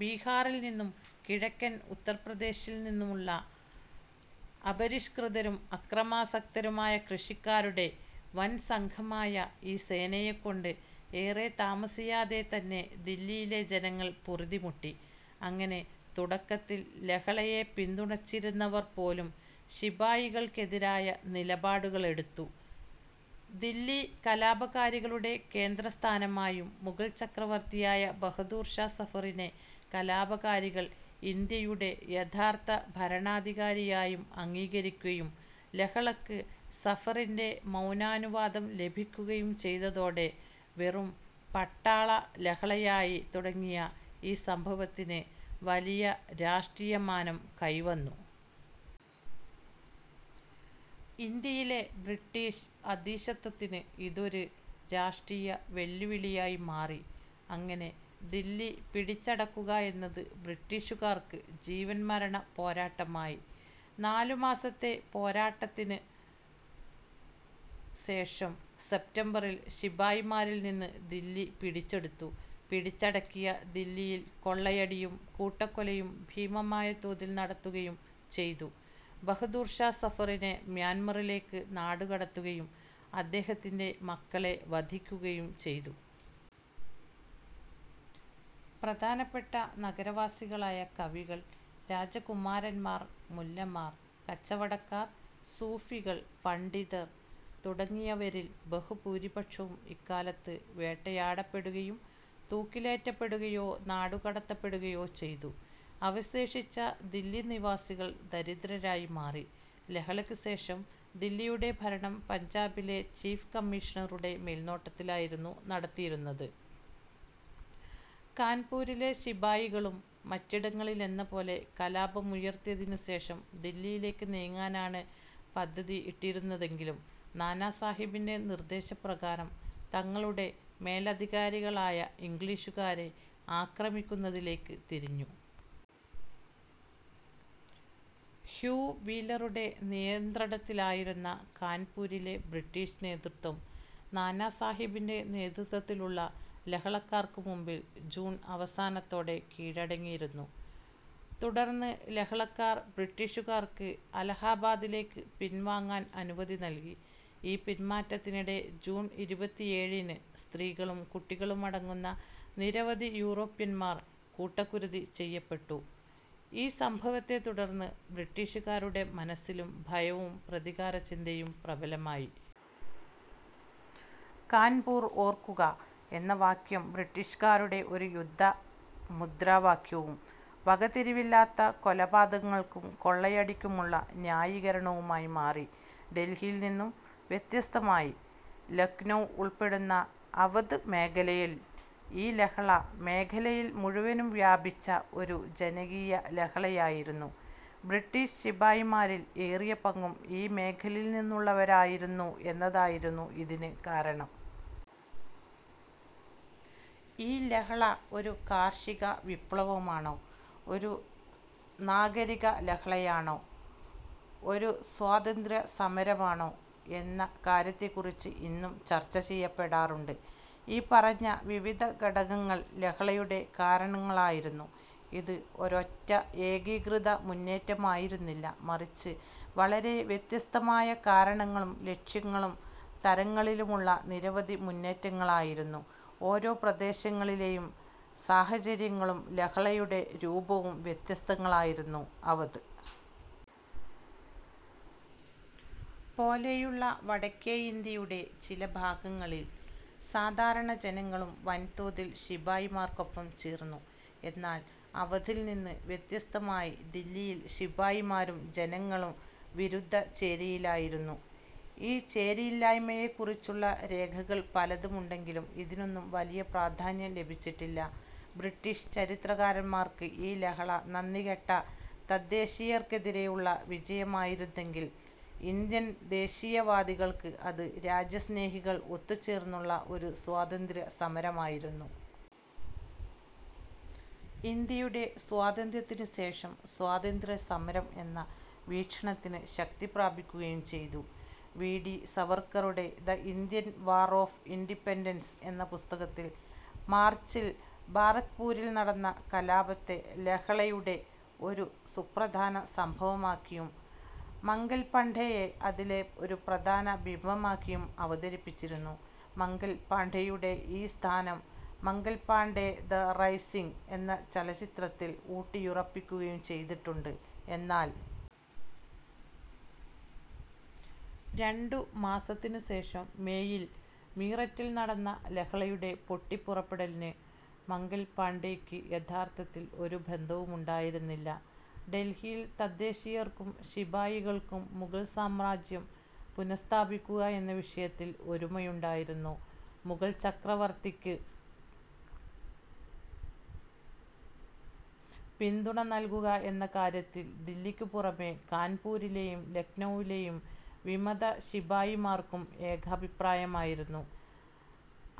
ബിഹാറിൽ നിന്നും കിഴക്കൻ ഉത്തർപ്രദേശിൽനിന്നുമുള്ള അപരിഷ്കൃതരും അക്രമാസക്തരുമായ കൃഷിക്കാരുടെ വൻസംഘമായ ഈ സേനയെക്കൊണ്ട് ഏറെ താമസിയാതെതന്നെ ദില്ലിയിലെ ജനങ്ങൾ പൊറുതിമുട്ടി. അങ്ങനെ തുടക്കത്തിൽ ലഹളയെ പിന്തുണച്ചിരുന്നവർ പോലും ശിപായികൾക്കെതിരായ നിലപാടുകളെടുത്തു. ദില്ലി കലാപകാരികളുടെ കേന്ദ്രസ്ഥാനമായും മുഗൾ ചക്രവർത്തിയായ ബഹദൂർഷാ സഫറിനെ കലാപകാരികൾ ഇന്ത്യയുടെ യഥാർത്ഥ ഭരണാധികാരിയായും അംഗീകരിക്കുകയും ലഹളക്ക് സഫറിൻ്റെ മൗനാനുവാദം ലഭിക്കുകയും ചെയ്തതോടെ വെറും പട്ടാളലഹളയായി തുടങ്ങിയ ഈ സംഭവത്തിന് വലിയ രാഷ്ട്രീയമാനം കൈവന്നു. ഇന്ത്യയിലെ ബ്രിട്ടീഷ് അധീശത്വത്തിന് ഇതൊരു രാഷ്ട്രീയവെല്ലുവിളിയായി മാറി. അങ്ങനെ, ദില്ലി പിടിച്ചടക്കുക എന്നത് ബ്രിട്ടീഷുകാർക്ക് ജീവൻമരണപ്പോരാട്ടമായി. നാലുമാസത്തെ പോരാട്ടത്തിനു ശേഷം സെപ്റ്റംബറിൽ ശിപായിമാരിൽനിന്ന് ദില്ലി പിടിച്ചെടുത്തു. പിടിച്ചടക്കിയ ദില്ലിയിൽ കൊള്ളയടിയും കൂട്ടക്കൊലയും ഭീമമായ തോതിൽ നടത്തുകയും ചെയ്തു. ബഹാദൂർഷാ സഫറിനെ മ്യാൻമറിലേക്ക് നാടുകടത്തുകയും അദ്ദേഹത്തിൻ്റെ മക്കളെ വധിക്കുകയും ചെയ്തു. പ്രധാനപ്പെട്ട നഗരവാസികളായ കവികൾ, രാജകുമാരന്മാർ, മുല്ലമാർ, കച്ചവടക്കാർ, സൂഫികൾ, പണ്ഡിതർ തുടങ്ങിയവരിൽ ബഹുഭൂരിപക്ഷവും ഇക്കാലത്ത് വേട്ടയാടപ്പെടുകയും തൂക്കിലേറ്റപ്പെടുകയോ നാടുകടത്തപ്പെടുകയോ ചെയ്തു. അവശേഷിച്ച ദില്ലി നിവാസികൾ ദരിദ്രരായി മാറി. ലഹളയ്ക്കുസേഷം ദില്ലിയുടെ ഭരണം പഞ്ചാബിലെ ചീഫ് കമ്മീഷണറുടെ മേൽനോട്ടത്തിലായിരുന്നു നടത്തിയിരുന്നത്. കാൻപൂരിലെ ശിപായികളും മറ്റിടങ്ങളിലെന്നപോലെ കലാപമുയർത്തിയതിനുശേഷം ദില്ലിയിലേക്ക് നീങ്ങാനാണ് പദ്ധതിയിട്ടിരുന്നതെങ്കിലും, നാനാസാഹിബിൻ്റെ നിർദ്ദേശപ്രകാരം തങ്ങളുടെ മേലധികാരികളായ ഇംഗ്ലീഷുകാരെ ആക്രമിക്കുന്നതിലേക്ക് തിരിഞ്ഞു. ഹ്യൂ വീലറുടെ നിയന്ത്രണത്തിലായിരുന്ന കാൻപൂരിലെ ബ്രിട്ടീഷ് നേതൃത്വം, നാനാസാഹിബിൻ്റെ നേതൃത്വത്തിലുള്ള ലഹളക്കാർക്കുമുമ്പിൽ ജൂൺ അവസാനത്തോടെ കീഴടങ്ങിയിരുന്നു. തുടർന്ന് ലഹളക്കാർ ബ്രിട്ടീഷുകാർക്ക് അലഹബാദിലേക്ക് പിൻവാങ്ങാൻ അനുമതി നൽകി. ഈ പിൻമാറ്റത്തിനിടെ ജൂൺ ഇരുപത്തിയേഴിന് സ്ത്രീകളും കുട്ടികളുമടങ്ങുന്ന നിരവധി യൂറോപ്യന്മാർ കൂട്ടക്കുരുതി ചെയ്യപ്പെട്ടു.ഈ സംഭവത്തെത്തുടർന്ന് ബ്രിട്ടീഷുകാരുടെ മനസ്സിലും ഭയവും പ്രതികാരചിന്തയും പ്രബലമായി. കാൻപൂർ ഓർക്കുക എന്ന വാക്യം ബ്രിട്ടീഷുകാരുടെ ഒരു യുദ്ധമുദ്രാവാക്യവും, വകതിരിവില്ലാത്ത കൊലപാതകങ്ങൾക്കും കൊള്ളയടിക്കുമുള്ള ന്യായീകരണവുമായി മാറി. ഡൽഹിയിൽ നിന്നും വ്യത്യസ്തമായി, ലക്നൗ ഉൾപ്പെടുന്ന അവധ് മേഖലയിൽ ഈ ലഹള മേഖലയിൽ മുഴുവനും വ്യാപിച്ച ഒരു ജനകീയലഹളയായിരുന്നു. ബ്രിട്ടീഷ് ശിപായിമാരിൽ ഏറിയ പങ്കും ഈ മേഖലയിൽനിന്നുള്ളവരായിരുന്നു എന്നതായിരുന്നു ഇതിന് കാരണം. ഈ ലഹള ഒരു കാർഷികവിപ്ലവമാണോ, ഒരു നാഗരികലഹളയാണോ, ഒരു സ്വാതന്ത്ര്യ സമരമാണോ എന്ന കാര്യത്തെക്കുറിച്ച് ഇന്നും ചർച്ച ചെയ്യപ്പെടാറുണ്ട്. ഈ പറഞ്ഞ വിവിധ ഘടകങ്ങൾ ലഹളയുടെ കാരണങ്ങളായിരുന്നു. ഇത് ഒരൊറ്റ ഏകീകൃത മുന്നേറ്റമായിരുന്നില്ല, മറിച്ച് വളരെ വ്യത്യസ്തമായ കാരണങ്ങളും ലക്ഷ്യങ്ങളും തരങ്ങളിലുമുള്ള നിരവധി മുന്നേറ്റങ്ങളായിരുന്നു. ഓരോ പ്രദേശങ്ങളിലെയും സാഹചര്യങ്ങളും ലഹളയുടെ രൂപവും വ്യത്യസ്തങ്ങളായിരുന്നു. അവധ് പോലെയുള്ള വടക്കേയിന്ത്യയുടെ ചില ഭാഗങ്ങളിൽ സാധാരണ ജനങ്ങളും വൻതോതിൽ ശിപായിമാർക്കൊപ്പം ചേർന്നു. എന്നാൽ അവധിൽനിന്ന് വ്യത്യസ്തമായി ദില്ലിയിൽ ശിപായിമാരും ജനങ്ങളും വിരുദ്ധചേരിയിലായിരുന്നു. ഈ ചേരി യില്ലായ്മയെക്കുറിച്ചുള്ള രേഖകൾ പലതുമുണ്ടെങ്കിലും ഇതിനൊന്നും വലിയ പ്രാധാന്യം ലഭിച്ചിട്ടില്ല. ബ്രിട്ടീഷ് ചരിത്രകാരന്മാർക്ക് ഈ ലഹള നന്ദികെട്ട തദ്ദേശീയർക്കെതിരെയുള്ള വിജയമായിരുന്നെങ്കിൽ, ഇന്ത്യൻ ദേശീയവാദികൾക്ക് അത് രാജ്യസ്നേഹികൾ ഒത്തുചേർന്നുള്ള ഒരു സ്വാതന്ത്ര്യസമരമായിരുന്നു. ഇന്ത്യയുടെ സ്വാതന്ത്ര്യത്തിനുശേഷം സ്വാതന്ത്ര്യസമരം എന്ന വീക്ഷണത്തിന് ശക്തിപ്രാപിക്കുകയും ചെയ്തു. വി ഡി സവർക്കറുടെ the Indian war of independence എന്ന പുസ്തകത്തിൽ മാർച്ചിൽ ബാരക്ക്പൂരിൽ നടന്ന കലാപത്തെ ലഹളയുടെ ഒരു സുപ്രധാന സംഭവമാക്കിയും മംഗൽ പാണ്ഡെയെ അതിലെ ഒരു പ്രധാന ബിംബമാക്കിയും അവതരിപ്പിച്ചിരുന്നു. മംഗൽ പാണ്ഡെയുടെ ഈ സ്ഥാനം മംഗൽ പാണ്ഡെ ദ റൈസിങ് എന്ന ചലച്ചിത്രത്തിൽ ഊട്ടിയുറപ്പിക്കുകയും ചെയ്തിട്ടുണ്ട്. എന്നാൽ രണ്ടു മാസത്തിനുശേഷം മേയിൽ മീററ്റിൽ നടന്ന ലഹളയുടെ പൊട്ടിപ്പുറപ്പെടലിന് മംഗൽ പാണ്ഡെയ്ക്ക് യഥാർത്ഥത്തിൽ ഒരു ബന്ധവുമുണ്ടായിരുന്നില്ല. ഡെൽഹിയിൽ തദ്ദേശീയർക്കും ശിപായികൾക്കും മുഗൾ സാമ്രാജ്യം പുനഃസ്ഥാപിക്കുക എന്ന വിഷയത്തിൽ ഒരുമയുണ്ടായിരുന്നു. മുഗൾ ചക്രവർത്തിക്ക് പിന്തുണ നൽകുക എന്ന കാര്യത്തിൽ ദില്ലിക്കുപുറമേ കാൻപൂരിലെയും ലക്നൗവിലെയും വിമതശിപായിമാർക്കും ഏകാഭിപ്രായമായിരുന്നു.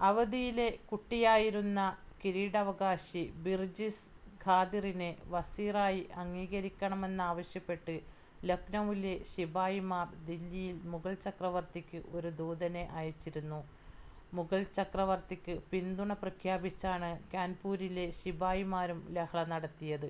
അവധിയി ലെ കുട്ടിയായിരുന്ന കിരീടാവകാശി ബിർജിസ് ഖാദിറിനെ വസീറായി അംഗീകരിക്കണമെന്നാവശ്യപ്പെട്ട് ലക്നൗവിലെ ശിപായിമാർ ദില്ലിയിലെ മുഗൾ ചക്രവർത്തിക്ക് ഒരു ദൂതനെ അയച്ചിരുന്നു. മുഗൾ ചക്രവർത്തിക്ക് പിന്തുണ പ്രഖ്യാപിച്ചാണ് കാൻപൂരിലെ ശിപായിമാരും ലഹള നടത്തിയത്.